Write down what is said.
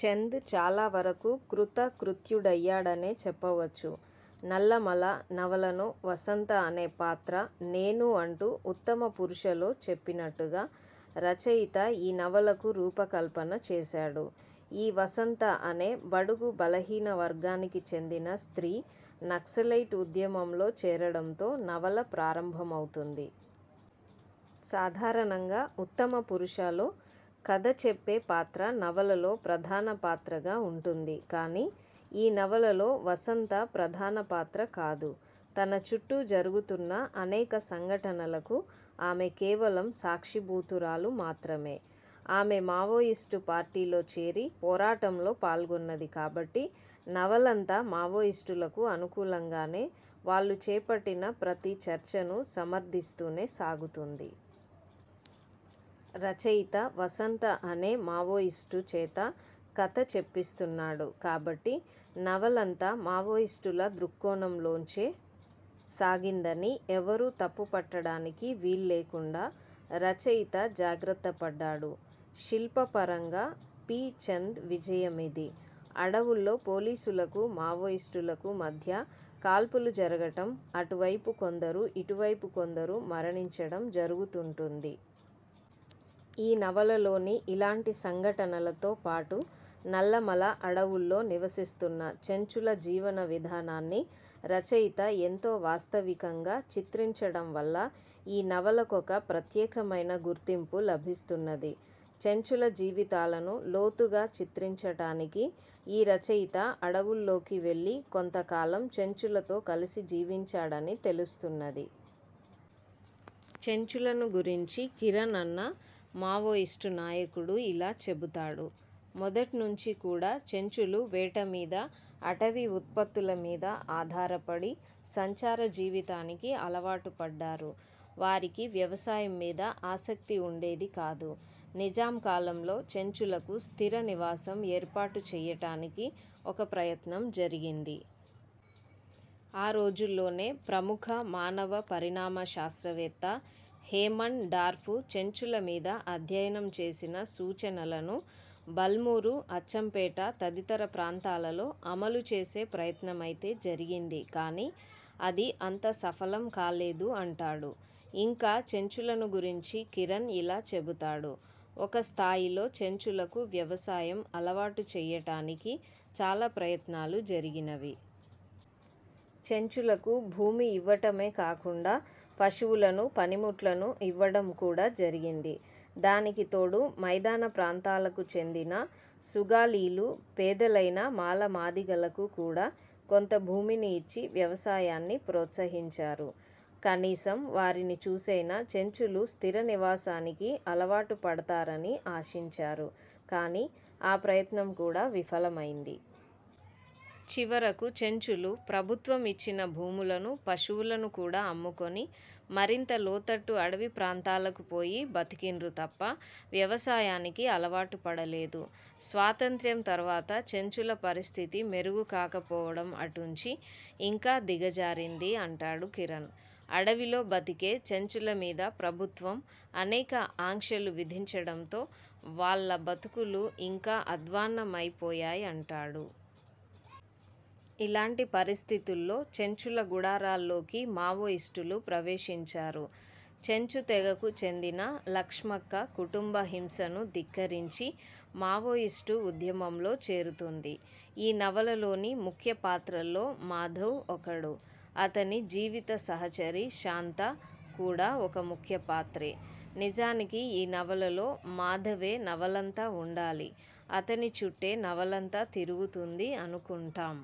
చంద్ చాలా వరకు కృతకృత్యుడయ్యాడనే చెప్పవచ్చు. 'నల్లమల' నవలను వసంత అనే పాత్ర 'నేనూ' అంటూ ఉత్తమ పురుషలో చెప్పినట్టుగా రచయిత ఈ నవలకు రూపకల్పన చేశాడు. ఈ వసంత అనే బడుగు బలహీన వర్గానికి చెందిన స్త్రీ నక్సలైట్ ఉద్యమంలో చేరడంతో నవల ప్రారంభమౌతుంది. సాధారణంగా ఉత్తమపురుషలో కథచెప్పే పాత్ర నవలలో ప్రధానపాత్రగా ఉంటుంది. కానీ ఈ నవలలో వసంత ప్రధానపాత్ర కాదు. తన చుట్టూ జరుగుతున్న అనేక సంఘటనలకు ఆమె కేవలం సాక్షీభూతురాలు మాత్రమే. ఆమె మావోయిస్టు పార్టీలో చేరి పోరాటంలో పాల్గొన్నది కాబట్టి నవలంతా మావోయిస్టులకు అనుకూలంగానే, వాళ్లు చేపట్టిన ప్రతి చర్చను సమర్థిస్తూనే సాగుతుంది. రచయిత వసంత అనే మావోయిస్టు చేత కథ చెప్పిస్తున్నాడు కాబట్టి నవలంతా మావోయిస్టుల దృక్కోణంలోంచే సాగిందని ఎవరూ తప్పుపట్టడానికి వీల్లేకుండా రచయిత జాగ్రత్త పడ్డాడు. శిల్పపరంగా పి. చంద్ విజయమిది. అడవుల్లో పోలీసులకు, మావోయిస్టులకు మధ్య కాల్పులు జరగటం, అటువైపు కొందరు, ఇటువైపు కొందరు మరణించడం జరుగుతుంటుంది. ఈ నవలలోని ఇలాంటి సంఘటనలతో పాటు నల్లమల అడవుల్లో నివసిస్తున్న చెంచుల జీవన విధానాన్ని రచయిత ఎంతో వాస్తవికంగా చిత్రించటంవల్ల ఈ నవలకొక ప్రత్యేకమైన గుర్తింపు లభిస్తున్నది. చెంచుల జీవితాలను లోతుగా చిత్రించటానికి ఈ రచయిత అడవుల్లోకి వెళ్లి కొంతకాలం చెంచులతో కలిసి జీవించాడని తెలుస్తున్నది. చెంచులను గురించి కిరణ్ అన్న మావోయిస్టు నాయకుడు ఇలా చెబుతాడు: ''మొదట్నించి కూడా చెంచులు వేట మీద, అటవీ ఉత్పత్తుల మీద ఆధారపడి సంచార జీవితానికి అలవాటు పడ్డారు. వారికి వ్యవసాయం మీద ఆసక్తి ఉండేది కాదు. నిజాం కాలంలో చెంచులకు స్థిర నివాసం ఏర్పాటు చెయ్యటానికి ఒక ప్రయత్నం జరిగింది. ఆరోజుల్లోనే ప్రముఖ మానవ పరిణామ శాస్త్రవేత్త హేమన్ డార్ఫు చెంచుల మీద అధ్యయనం చేసిన సూచనలను బల్మూరు, అచ్చంపేట తదితర ప్రాంతాలలో అమలు చేసే ప్రయత్నమైతే జరిగింది కాని అది అంత సఫలం కాలేదు'' అంటాడు. ఇంకా చెంచులను గురించి కిరణ్ ఇలా చెబుతాడు:''ఒక స్థాయిలో చెంచులకు వ్యవసాయం అలవాటు చెయ్యటానికి చాలా ప్రయత్నాలు జరిగినవి. చెంచులకు భూమి ఇవ్వటమే కాకుండా పశువులను, పనిముట్లను ఇవ్వడం కూడా జరిగింది. దానికి తోడు మైదాన ప్రాంతాలకు చెందిన సుగాలీలు, పేదలైన మాలమాదిగలకు కూడా కొంత భూమిని ఇచ్చి వ్యవసాయాన్ని ప్రోత్సహించారు. కనీసం వారిని చూసైనా చెంచులు స్థిరనివాసానికి అలవాటు పడతారని ఆశించారు. కానీ ఆ ప్రయత్నం కూడా విఫలమైంది. చివరకు చెంచులు ప్రభుత్వం ఇచ్చిన భూములను, పశువులను కూడా అమ్ముకొని మరింత లోతట్టు అడివి ప్రాంతాలకు పోయి బతికిండ్రు తప్ప వ్యవసాయానికి అలవాటు పడలేదు''. స్వాతంత్య్రం తర్వాత చెంచుల పరిస్థితి మెరుగు కాకపోవడం అటుంచి ఇంకా దిగజారింది అంటాడు కిరణ్. అడవిలో బతికే చెంచుల మీద ప్రభుత్వం అనేక ఆంక్షలు విధించడంతో వాళ్ళ బతుకులు ఇంకా అధ్వాన్నమైపోయాయంటాడు. ఇలాంటి పరిస్థితుల్లో చెంచుల గుడారాల్లోకి మావోయిస్టులు ప్రవేశించారు. చెంచు తెగకు చెందిన లక్ష్మక్క కుటుంబ హింసను ధిక్కరించి మావోయిస్టు ఉద్యమంలో చేరుతుంది. ఈ నవలలోని ముఖ్య పాత్రల్లో మాధవ్ ఒకడు. అతని జీవిత సహచరి శాంత కూడా ఒక ముఖ్య పాత్రే. నిజానికి ఈ నవలలో మాధవే నవలంతా ఉండాలి, అతని చుట్టే నవలంతా తిరుగుతుంది అనుకుంటాం.